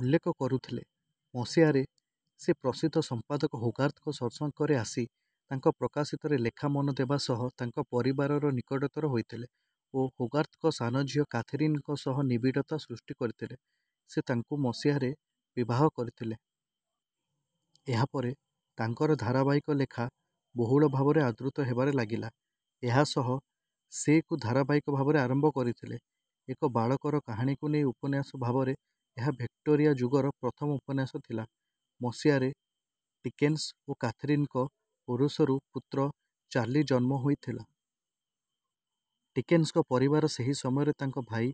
ଉଲ୍ଲେଖ କରୁଥିଲେ। ମସିହାରେ ସେ ପ୍ରସିଦ୍ଧ ସମ୍ପାଦକ ହୋଗାର୍ଥଙ୍କ ସଂସର୍ଗରେ ଆସି ତାଙ୍କ ପ୍ରକାଶିତ ରେ ଲେଖା ମନ ଦେବା ସହ ତାଙ୍କ ପରିବାରର ନିକଟତର ହୋଇଥିଲେ ଓ ହୋଗାର୍ଥଙ୍କ ସାନ ଝିଅ କାଥେରିନ୍‌ଙ୍କ ସହ ନିବିଡ଼ତା ସୃଷ୍ଟି କରିଥିଲେ। ସେ ତାଙ୍କୁ ମସିହାରେ ବିବାହ କରିଥିଲେ। ଏହା ପରେ ତାଙ୍କର ଧାରାବାହିକ ଲେଖା ବୋହୁଳ ଭାବରେ ଆଦୃତ ହେବାରେ ଲାଗିଲା। ଏହା ସହ ସେ କୁ ଧାରାବାହିକ ଭାବରେ ଆରମ୍ଭ କରିଥିଲେ। ଏକ ବାଳକର କାହାଣୀକୁ ନେଇ ଉପନ୍ୟାସ ଭାବରେ ଏହା ଭିକ୍ଟୋରିଆ ଯୁଗର ପ୍ରଥମ ଉପନ୍ୟାସ ଥିଲା। ମସିହାରେ ଡିକେନ୍ସ ଓ କାଥେରିନ୍‌ଙ୍କ ଔରସରୁ ପୁତ୍ର ଚାର୍ଲି ଜନ୍ମ ହୋଇଥିଲା। ଡିକେନ୍ସଙ୍କ ପରିବାର ସେହି ସମୟରେ ତାଙ୍କ ଭାଇ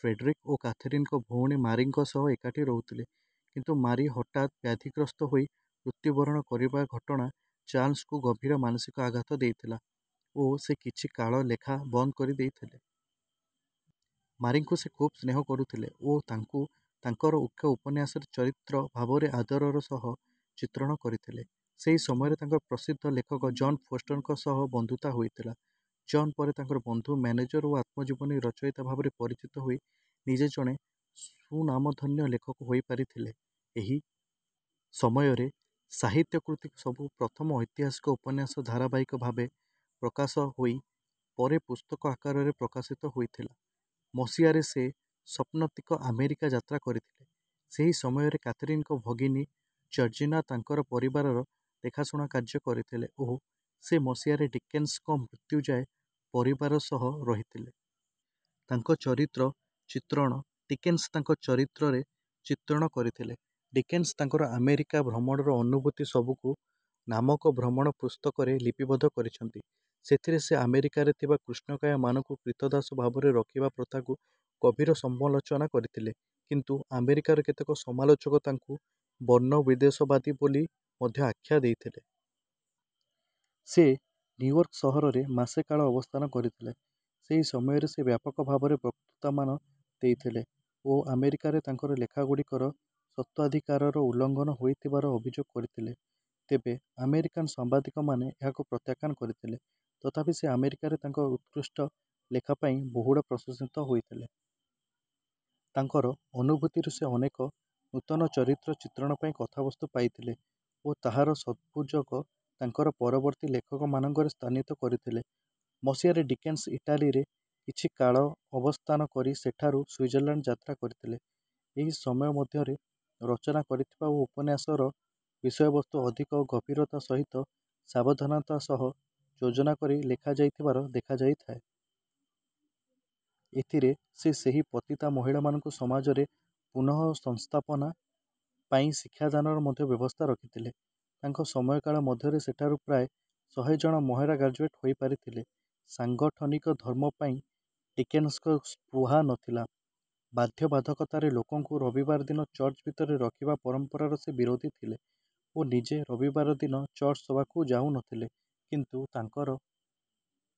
ଫ୍ରେଡରିକ୍ ଓ କାଥେରୀନ୍‌ଙ୍କ ଭଉଣୀ ମାରିଙ୍କ ସହ ଏକାଠି ରୋହୁଥିଲେ। କିନ୍ତୁ ମାରି ହଠାତ୍ ବ୍ୟାଧିଗ୍ରସ୍ତ ହୋଇ ମୃତ୍ୟୁବରଣ କରିବା ଘଟଣା ଚାର୍ଲସ୍‌ଙ୍କୁ ଗଭୀର ମାନସିକ ଆଘାତ ଦେଇଥିଲା ଓ ସେ କିଛି କାଳ ଲେଖା ବନ୍ଦ କରିଦେଇଥିଲେ। ମାରିଙ୍କୁ ସେ ଖୁବ୍ ସ୍ନେହ କରୁଥିଲେ ଓ ତାଙ୍କୁ ତାଙ୍କର ଏକ ଉପନ୍ୟାସରେ ଚରିତ୍ର ଭାବରେ ଆଦରର ସହ ଚିତ୍ରଣ କରିଥିଲେ। ସେହି ସମୟରେ ତାଙ୍କର ପ୍ରସିଦ୍ଧ ଲେଖକ ଜନ୍ ଫୋଷ୍ଟରଙ୍କ ସହ ବନ୍ଧୁତା ହୋଇଥିଲା। ଜନ୍ ପରେ ତାଙ୍କର ବନ୍ଧୁ, ମ୍ୟାନେଜର୍ ଓ ଆତ୍ମଜୀବନୀ ରଚୟିତା ଭାବରେ ପରିଚିତ ହୋଇ ନିଜେ ଜଣେ ସ୍ୱନାମଧନ୍ୟ ଲେଖକ ହୋଇପାରିଥିଲେ। ଏହି ସମୟରେ ସାହିତ୍ୟ କୃତି ସବୁ ପ୍ରଥମ ଐତିହାସିକ ଉପନ୍ୟାସ ଧାରାବାହିକ ଭାବେ ପ୍ରକାଶ ହୋଇ ପରେ ପୁସ୍ତକ ଆକାରରେ ପ୍ରକାଶିତ ହୋଇଥିଲା। ମସିହାରେ ସେ ସପତ୍ନୀକ ଆମେରିକା ଯାତ୍ରା କରିଥିଲେ। ସେହି ସମୟରେ କାଥେରୀନ୍‌ଙ୍କ ଭଗିନୀ ଜର୍ଜିନା ତାଙ୍କର ପରିବାରର ଦେଖାଶୁଣା କାର୍ଯ୍ୟ କରିଥିଲେ ଓ ସେ ମସିହାରେ ଡିକେନ୍ସଙ୍କ ମୃତ୍ୟୁ ଯାଏ ପରିବାର ସହ ରହିଥିଲେ। ତାଙ୍କ ଚରିତ୍ର ଚିତ୍ରଣ ଡିକେନ୍ସ ତାଙ୍କ ଚରିତ୍ରରେ ଚିତ୍ରଣ କରିଥିଲେ। ଡିକେନ୍ସ ତାଙ୍କର ଆମେରିକା ଭ୍ରମଣର ଅନୁଭୂତି ସବୁକୁ ନାମକ ଭ୍ରମଣ ପୁସ୍ତକରେ ଲିପିବଦ୍ଧ କରିଛନ୍ତି। ସେଥିରେ ସେ ଆମେରିକାରେ ଥିବା କୃଷ୍ଣକାୟମାନଙ୍କୁ କ୍ରୀତଦାସ ଭାବରେ ରଖିବା ପ୍ରଥାକୁ ଗଭୀର ସମାଲୋଚନା କରିଥିଲେ। କିନ୍ତୁ ଆମେରିକାର କେତେକ ସମାଲୋଚକ ତାଙ୍କୁ ବର୍ଣ୍ଣବିଦ୍ୱେଷବାଦୀ ବୋଲି ମଧ୍ୟ ଆଖ୍ୟା ଦେଇଥିଲେ। ସେ ନିଉୟର୍କ ସହରରେ ମାସେ କାଳ ଅବସ୍ଥାନ କରିଥିଲେ। ସେହି ସମୟରେ ସେ ବ୍ୟାପକ ଭାବରେ ବକ୍ତୃତାମାନ ଦେଇଥିଲେ ଓ ଆମେରିକାରେ ତାଙ୍କର ଲେଖାଗୁଡ଼ିକର ସତ୍ତ୍ୱାଧିକାରର ଉଲ୍ଲଂଘନ ହୋଇଥିବାର ଅଭିଯୋଗ କରିଥିଲେ। ତେବେ ଆମେରିକାନ୍ ସାମ୍ବାଦିକମାନେ ଏହାକୁ ପ୍ରତ୍ୟାଖ୍ୟାନ କରିଥିଲେ। ତଥାପି ସେ ଆମେରିକାରେ ତାଙ୍କର ଉତ୍କୃଷ୍ଟ ଲେଖା ପାଇଁ ବହୁଳ ପ୍ରଶଂସିତ ହୋଇଥିଲେ। ତାଙ୍କର ଅନୁଭୂତିରୁ ସେ ଅନେକ ନୂତନ ଚରିତ୍ର ଚିତ୍ରଣ ପାଇଁ କଥାବସ୍ତୁ ପାଇଥିଲେ ଓ ତାହାର ସଦୁପଯୋଗ ତାଙ୍କର ପରବର୍ତ୍ତୀ ଲେଖାମାନଙ୍କରେ ସ୍ଥାନିତ କରିଥିଲେ। ମସିହାରେ ଡିକେନ୍ସ ଇଟାଲୀରେ କିଛି କାଳ ଅବସ୍ଥାନ କରି ସେଠାରୁ ସ୍ୱିଜର୍ଲାଣ୍ଡ ଯାତ୍ରା କରିଥିଲେ। ଏହି ସମୟ ମଧ୍ୟରେ ରଚନା କରିଥିବା ଓ ଉପନ୍ୟାସର ବିଷୟବସ୍ତୁ ଅଧିକ ଗଭୀରତା ସହିତ ସାବଧାନତା ସହ ଯୋଜନା କରି ଲେଖାଯାଇଥିବାର ଦେଖାଯାଇଥାଏ। ଏଥିରେ ସେ ସେହି ପତିତା ମହିଳାମାନଙ୍କୁ ସମାଜରେ ପୁନଃସଂସ୍ଥାପନା ପାଇଁ ଶିକ୍ଷାଦାନର ମଧ୍ୟ ବ୍ୟବସ୍ଥା ରଖିଥିଲେ। ତାଙ୍କ ସମୟକାଳ ମଧ୍ୟରେ ସେଠାରୁ ପ୍ରାୟ ଶହେ ଜଣ ମହିଳା ଗ୍ରାଜୁଏଟ୍ ହୋଇପାରିଥିଲେ। ସାଂଗଠନିକ ଧର୍ମ ପାଇଁ ଡିକେନ୍ସଙ୍କ ସ୍ପୃହା ନ ଥିଲା। ବାଧ୍ୟବାଧକତାରେ ଲୋକଙ୍କୁ ରବିବାର ଦିନ ଚର୍ଚ୍ଚ ଭିତରେ ରଖିବା ପରମ୍ପରାର ସେ ବିରୋଧୀ ଥିଲେ ଓ ନିଜେ ରବିବାର ଦିନ ଚର୍ଚ୍ଚ ସଭାକୁ ଯାଉନଥିଲେ। କିନ୍ତୁ ତାଙ୍କର...